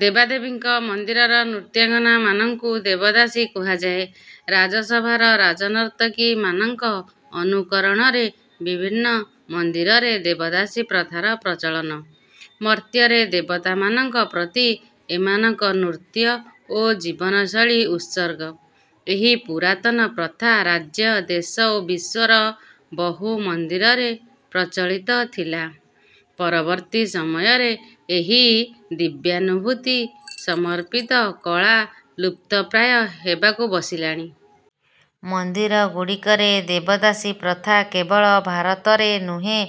ଦେବାଦେବୀଙ୍କ ମନ୍ଦିରର ନୃତ୍ୟାଙ୍ଗନାମାନଙ୍କୁ ଦେବଦାସୀ କୁହାଯାଏ। ରାଜସଭାର ରାଜନର୍ତ୍ତକୀମାନଙ୍କ ଅନୁକରଣରେ ବିଭିନ୍ନ ମନ୍ଦିରରେ ଦେବଦାସୀ ପ୍ରଥାର ପ୍ରଚଳନ। ମର୍ତ୍ତ୍ୟରେ ଦେବତାମାନଙ୍କ ପ୍ରତି ଏମାନଙ୍କ ନୃତ୍ୟ ଓ ଜୀବନଶୈଳୀ ଉତ୍ସର୍ଗ। ଏହି ପୁରାତନ ପ୍ରଥା ରାଜ୍ୟ ଦେଶ ଓ ବିଶ୍ୱର ବହୁ ମନ୍ଦିରରେ ପ୍ରଚଳିତ ଥିଲା। ପରବର୍ତ୍ତୀ ସମୟରେ ଏହି ଦିବ୍ୟାନୁଭୂତି ସମର୍ପିତ କଳା ଲୁପ୍ତପ୍ରାୟ ହେବାକୁ ବସିଲାଣି। ମନ୍ଦିରଗୁଡ଼ିକରେ ଦେବଦାସୀ ପ୍ରଥା କେବଳ ଭାରତରେ ନୁହେଁ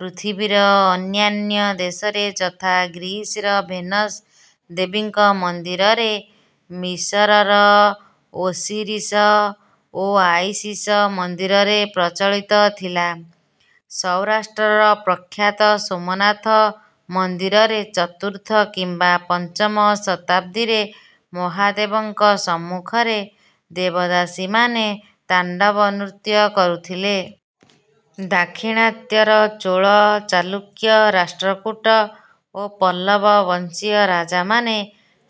ପୃଥିବୀର ଅନ୍ୟାନ୍ୟ ଦେଶରେ ଯଥା ଗ୍ରୀସର ଭେନସ ଦେବୀଙ୍କ ମନ୍ଦିରରେ ମିଶରର ଓସିରିସ ଓ ଆଇସିସ ମନ୍ଦିରରେ ପ୍ରଚଳିତ ଥିଲା। ସୌରାଷ୍ଟ୍ରର ପ୍ରଖ୍ୟାତ ସୋମନାଥ ମନ୍ଦିରରେ ଚତୁର୍ଥ କିମ୍ବା ପଞ୍ଚମ ଶତାବ୍ଦୀରେ ମହାଦେବଙ୍କ ସମ୍ମୁଖରେ ଦେବଦାସୀମାନେ ତାଣ୍ଡବ ନୃତ୍ୟ କରୁଥିଲେ। ଦାକ୍ଷିଣାତ୍ୟର ଚୋଳ ଚାଲୁକ୍ୟ ରାଷ୍ଟ୍ରକୂଟ ଓ ପଲ୍ଲବ ବଂଶୀୟ ରାଜାମାନେ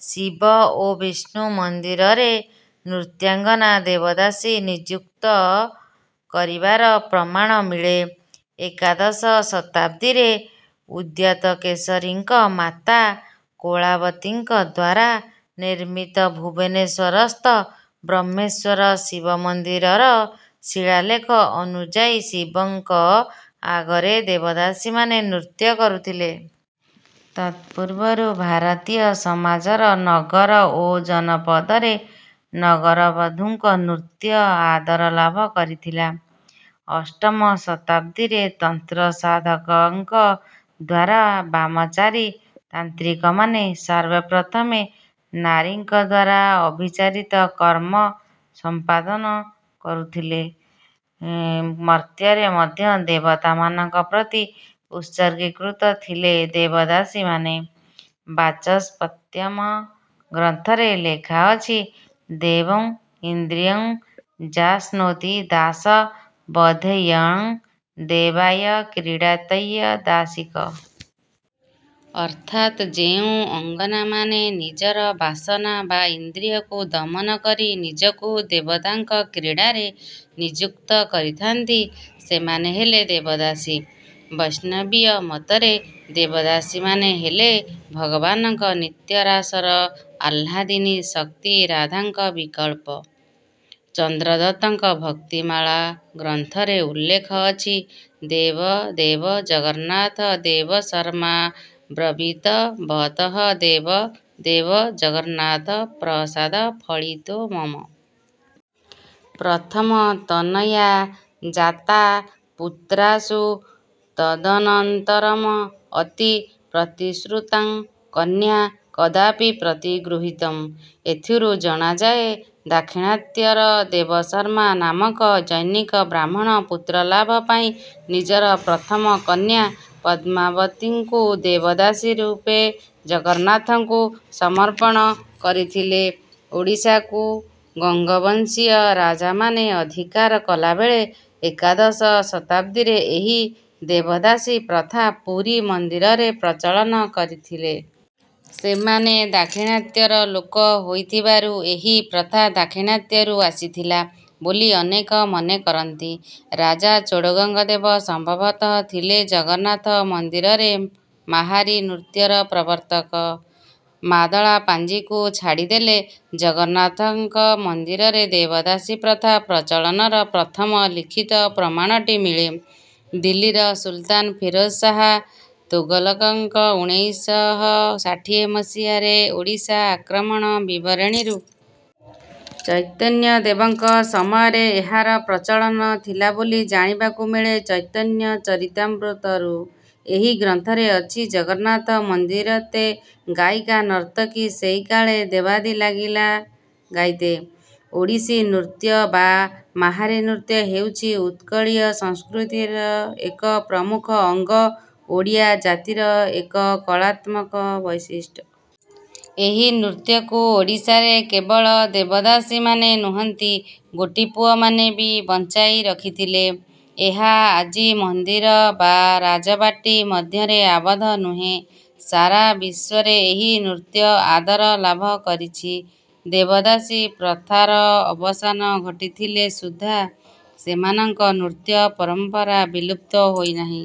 ଶିବ ଓ ବିଷ୍ଣୁ ମନ୍ଦିରରେ ନୃତ୍ୟାଙ୍ଗନା ଦେବଦାସୀ ନିଯୁକ୍ତ କରିବାର ପ୍ରମାଣ ମିଳେ। ଏକାଦଶ ଶତାବ୍ଦୀରେ ଉଦ୍ୟୋତକେଶରୀଙ୍କ ମାତା କୋଳାବତୀଙ୍କ ଦ୍ୱାରା ନିର୍ମିତ ଭୁବନେଶ୍ୱରସ୍ଥ ବ୍ରହ୍ମେଶ୍ୱର ଶିବମନ୍ଦିରର ଶିଳାଲେଖ ଅନୁଯାୟୀ ଶିବଙ୍କ ଆଗରେ ଦେବଦାସୀମାନେ ନୃତ୍ୟ କରୁଥିଲେ। ତତ୍ପୂର୍ବରୁ ଭାରତୀୟ ସମାଜର ନଗର ଓ ଜନପଦରେ ନଗରବଧୂଙ୍କ ନୃତ୍ୟ ଆଦର ଲାଭ କରିଥିଲା। ଅଷ୍ଟମ ଶତାବ୍ଦୀରେ ତନ୍ତ୍ରସାଧକଙ୍କ ଦ୍ୱାରା ବାମାଚାରୀ ତାନ୍ତ୍ରିକମାନେ ସର୍ବପ୍ରଥମେ ନାରୀଙ୍କ ଦ୍ୱାରା ଅଭିଚାରିତ କର୍ମ ସମ୍ପାଦନ କରୁଥିଲେ। ମର୍ତ୍ତ୍ୟରେ ମଧ୍ୟ ଦେବତାମାନଙ୍କ ପ୍ରତି ଉତ୍ସର୍ଗୀକୃତ ଥିଲେ ଦେବଦାସୀମାନେ। ବାଚସ୍ପତ୍ୟମ ଗ୍ରନ୍ଥରେ ଲେଖାଅଛି ଦେବଂ ଇନ୍ଦ୍ରିୟଂ ଯାସ୍ନୋତି ଦାସ ବଧେୟଣ୍ ଦେବାୟ କ୍ରୀଡ଼ାତୈ ଦାସିକ। ଅର୍ଥାତ୍ ଯେଉଁ ଅଙ୍ଗନାମାନେ ନିଜର ବାସନା ବା ଇନ୍ଦ୍ରିୟକୁ ଦମନ କରି ନିଜକୁ ଦେବତାଙ୍କ କ୍ରୀଡ଼ାରେ ନିଯୁକ୍ତ କରିଥାନ୍ତି ସେମାନେ ହେଲେ ଦେବଦାସୀ। ବୈଷ୍ଣବୀୟ ମତରେ ଦେବଦାସୀମାନେ ହେଲେ ଭଗବାନଙ୍କ ନିତ୍ୟରାସର ଆହ୍ଲାଦିନୀ ଶକ୍ତି ରାଧାଙ୍କ ବିକଳ୍ପ। ଚନ୍ଦ୍ରଦତ୍ତଙ୍କ ଭକ୍ତିମାଳା ଗ୍ରନ୍ଥରେ ଉଲ୍ଲେଖ ଅଛି ଦେବ ଦେବ ଜଗନ୍ନାଥ ଦେବଶର୍ମା ବ୍ରବୀତ ବତଃ ଦେବ ଦେବ ଜଗନ୍ନାଥ ପ୍ରସାଦ ଫଳିତୋ ମମ। ପ୍ରଥମ ତନୟା ଜାତା ପୁତ୍ରାସୁ ତଦନନ୍ତରମ ଅତି ପ୍ରତିଶ୍ରୁତାଂ କନ୍ୟା କଦାପି ପ୍ରତିଗୃହୀତମ। ଏଥିରୁ ଜଣାଯାଏ ଦାକ୍ଷିଣାତ୍ୟର ଦେବଶର୍ମା ନାମକ ଜନୈକ ବ୍ରାହ୍ମଣ ପୁତ୍ରଲାଭ ପାଇଁ ନିଜର ପ୍ରଥମ କନ୍ୟା ପଦ୍ମାବତୀଙ୍କୁ ଦେବଦାସୀ ରୂପେ ଜଗନ୍ନାଥଙ୍କୁ ସମର୍ପଣ କରିଥିଲେ। ଓଡ଼ିଶାକୁ ଗଙ୍ଗବଂଶୀୟ ରାଜାମାନେ ଅଧିକାର କଲାବେଳେ ଏକାଦଶ ଶତାବ୍ଦୀରେ ଏହି ଦେବଦାସୀ ପ୍ରଥା ପୁରୀ ମନ୍ଦିରରେ ପ୍ରଚଳନ କରିଥିଲେ। ସେମାନେ ଦାକ୍ଷିଣାତ୍ୟର ଲୋକ ହୋଇଥିବାରୁ ଏହି ପ୍ରଥା ଦାକ୍ଷିଣାତ୍ୟରୁ ଆସିଥିଲା ବୋଲି ଅନେକ ମନେକରନ୍ତି। ରାଜା ଚୋଡ଼ଗଙ୍ଗଦେବ ସମ୍ଭବତଃ ଥିଲେ ଜଗନ୍ନାଥ ମନ୍ଦିରରେ ମାହାରୀ ନୃତ୍ୟର ପ୍ରବର୍ତ୍ତକ। ମାଦଳା ପାଞ୍ଜିକୁ ଛାଡ଼ିଦେଲେ ଜଗନ୍ନାଥଙ୍କ ମନ୍ଦିରରେ ଦେବଦାସୀ ପ୍ରଥା ପ୍ରଚଳନର ପ୍ରଥମ ଲିଖିତ ପ୍ରମାଣଟି ମିଳେ ଦିଲ୍ଲୀର ସୁଲତାନ ଫିରୋଜ ଶାହ ତୋଗଲକଙ୍କ ଉଣେଇଶ ଶହ ଷାଠିଏ ମସିହାରେ ଓଡ଼ିଶା ଆକ୍ରମଣ ବିବରଣୀରୁ-- ଚୈତନ୍ୟଦେବଙ୍କ ସମୟରେ ଏହାର ପ୍ରଚଳନ ଥିଲା ବୋଲି ଜାଣିବାକୁ ମିଳେ ଚୈତନ୍ୟ ଚରିତାମୃତରୁ। ଏହି ଗ୍ରନ୍ଥରେ ଅଛି ଜଗନ୍ନାଥ ମନ୍ଦିରତେ ଗାୟିକା ନର୍ତ୍ତକୀ ସେଇ କାଳେ ଦେବାଦୀ ଲାଗିଲା ଗାଇତେ। ଓଡ଼ିଶୀ ନୃତ୍ୟ ବା ମାହାରୀ ନୃତ୍ୟ ହେଉଛି ଉତ୍କଳୀୟ ସଂସ୍କୃତିର ଏକ ପ୍ରମୁଖ ଅଙ୍ଗ ଓଡ଼ିଆ ଜାତିର ଏକ କଳାତ୍ମକ ବୈଶିଷ୍ଟ୍ୟ। ଏହି ନୃତ୍ୟକୁ ଓଡ଼ିଶାରେ କେବଳ ଦେବଦାସୀମାନେ ନୁହନ୍ତି ଗୋଟିପୁଅମାନେ ବି ବଞ୍ଚାଇ ରଖିଥିଲେ। ଏହା ଆଜି ମନ୍ଦିର ବା ରାଜବାଟୀ ମଧ୍ୟରେ ଆବଦ୍ଧ ନୁହେଁ। ସାରା ବିଶ୍ୱରେ ଏହି ନୃତ୍ୟ ଆଦର ଲାଭ କରିଛି। ଦେବଦାସୀ ପ୍ରଥାର ଅବସାନ ଘଟିଥିଲେ ସୁଦ୍ଧା ସେମାନଙ୍କ ନୃତ୍ୟ ପରମ୍ପରା ବିଲୁପ୍ତ ହୋଇନାହିଁ।